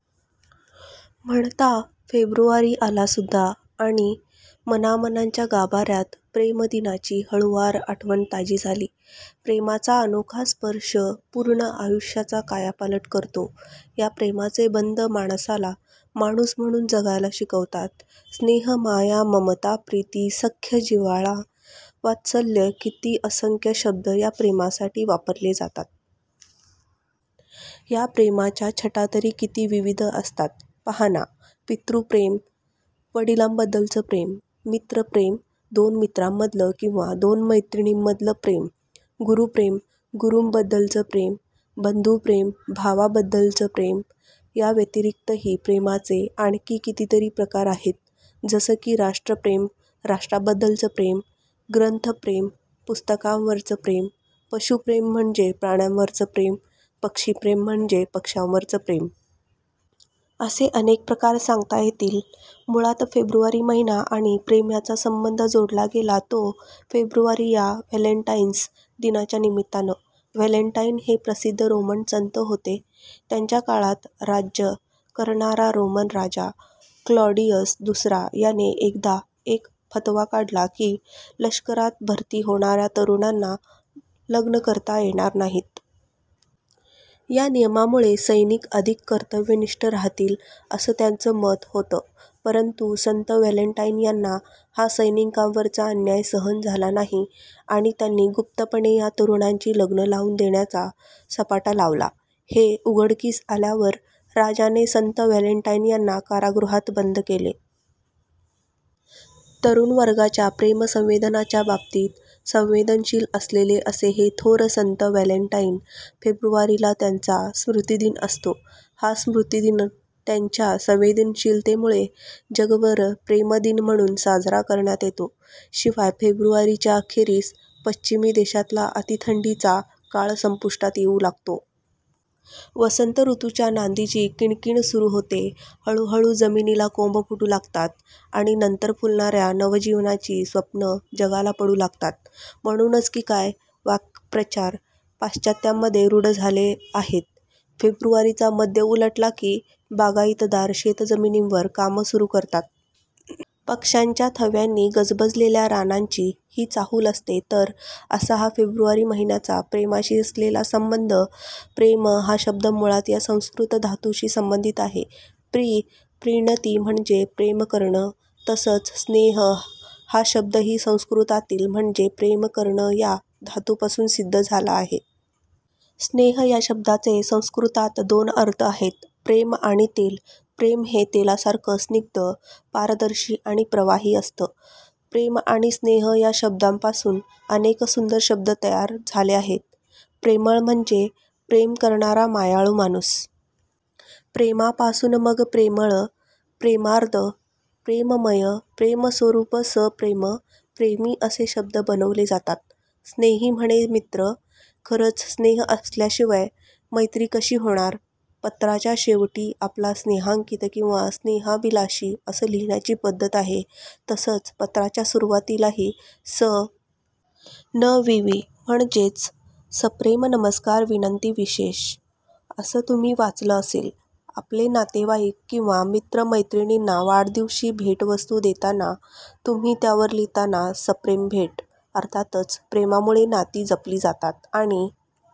म्हणता, फेब्रुवारी आलासुध्दा आणि मनामनांच्या गाभाऱ्यात प्रेमदिनाची हळूवार आठवण ताजी झाली. प्रेमाचा अनोखा स्पर्श पूर्ण आयुष्याचा कायापालट करतो. या प्रेमाचे बंध माणसाला माणूस म्हणून जगायला शिकवतात. स्नेह, माया, ममता, प्रीती, सख्य, जिव्हाळा, वात्सल्य, किती असंख्य शब्द या प्रेमासाठी वापरले जातात. या प्रेमाच्या छटा तरी किती विविध असतात, पहाना! पितृप्रेम – वडिलांबद्दलचं प्रेम, मित्रप्रेम – दोन मित्रांमधलं किंवा दोन मैत्रिणींमधलं प्रेम, गुरूप्रेम – गुरूंबद्दलचं प्रेम, बंधुप्रेम – भावाबद्दलचं प्रेम, याव्यतिरिक्तही प्रेमाचे आणखी कितीतरी प्रकार आहेत, जसं की राष्ट्रप्रेम – राष्ट्राबद्दलचं प्रेम, ग्रंथप्रेम – पुस्तकांवरचं प्रेम, पशुप्रेम म्हणजे प्राण्यांवरचं प्रेम, पक्षीप्रेम म्हणजे पक्षांवरचं प्रेम. असे अनेक प्रकार सांगता येतील. मुळात फेब्रुवारी महिना आणि प्रेम यांचा संबंध जोडला गेला तो फेब्रुवारी या व्हॅलेन्टाइन्स दिनाच्या निमित्तान. व्हॅलेन्टाइन हे प्रसिध्द रोमन संत होते. त्यांच्या काळात राज्य करणारा रोमन राजा ''क्लॉडिअस दुसरा'' याने एकदा एक फतवा काढला की लष्करात भरती होणाऱ्या तरुणांना लग्न करता येणार नाहीत. या नियमामुळे सैनिक अधिक कर्तव्यनिष्ठ राहतील, असं त्याचं मत होतं. परंतु संत व्हॅलेन्टाइन यांना हा सैनिकांवरचा अन्याय सहन झाला नाही आणि त्यांनी गुप्तपणे या तरुणांची लग्न लावून देण्याचा सपाटा लावला. हे उघडकीस आल्यावर राजाने संत व्हॅलेन्टाइन यांना कारागृहात बंद केलं. तरुणवर्गाच्या प्रेमसंवेदनांच्या बाबतीत संवेदनशील असलेले असे हे थोर संत – व्हॅलेन्टाइन. फेब्रुवारीला त्यांचा स्मृतिदिन असतो. हा स्मृतिदिन त्यांच्या संवेदनशीलतेमुळे जगभर प्रेमदिन म्हणून साजरा करण्यात येतो. शिवाय फेब्रुवारीच्या अखेरीस पश्चिमी देशातला अतिथंडीचा काळ संपुष्टात येऊ लागतो. वसंत ऋतूच्या नांदीची कीणकीण सुरू होते. हळुहळू जमिनीला कोंभ फुटू लागतात आणि नंतर फुलणाऱ्या नवजीवनाची स्वप्नं जगाला पडू लागतात. म्हणूनच की काय, ' वाक्प्रचार पाश्चात्यांमध्ये रुढ झाले आहेत. फेब्रुवारीचा मध्य उलटला की बागाईतदार शेतजमिनींवर कामं सुरू करतात. पक्षांच्या थव्यांनी गजबजलेल्या रानांची ही चाहूल असते. तर असा हा फेब्रुवारी महिन्याचा प्रेमाशी असलेला संबंध. प्रेम हा शब्द मुळात या संस्कृत धातूशी संबंधित आहे. प्री – प्रीणति म्हणजे प्रेम करणं. तसंच स्नेह हा शब्दही संस्कृतातील म्हणजे प्रेम करणं या धातूपासून सिध्द झाला आहे. स्नेह या शब्दाचे संस्कृतात दोन अर्थ आहेत. प्रेम आणि तेल. प्रेम हे तेलासारखं स्निग्ध, पारदर्शी आणि प्रवाही असतं. प्रेम आणि स्नेह या शब्दांपासून अनेक सुंदर शब्द तयार झाले आहेत. प्रेमळ म्हणजे प्रेम करणारा मायाळू माणूस. प्रेमपासून मग प्रेमळ, प्रेमार्द्र, प्रेममय, प्रेमस्वरुप, सप्रेम, प्रेमी असे शब्द बनवले जातात. स्नेही म्हणे मित्र. खरंच स्नेह असल्याशिवाय मैत्री कशी होणार? पत्राच्या शेवटी आपला स्नेहांकित किंवा स्नेहाभिलाषि असं लिहिण्याची पध्दत आहे. तसंच पत्राच्या सुरुवातीलाही स. न. वि. वि. म्हणजेच सप्रेम नमस्कार विनंती विशेष असं तुम्ही वाचलं असेल. आपले नातेवाईक किंवा मित्र-मैत्रिणींना वाढदिवशी भेटवस्तू देताना तुम्ही त्यावर लिहिता ना, सप्रेम भेट! अर्थातच प्रेमामुळे नाती जपली जातात आणि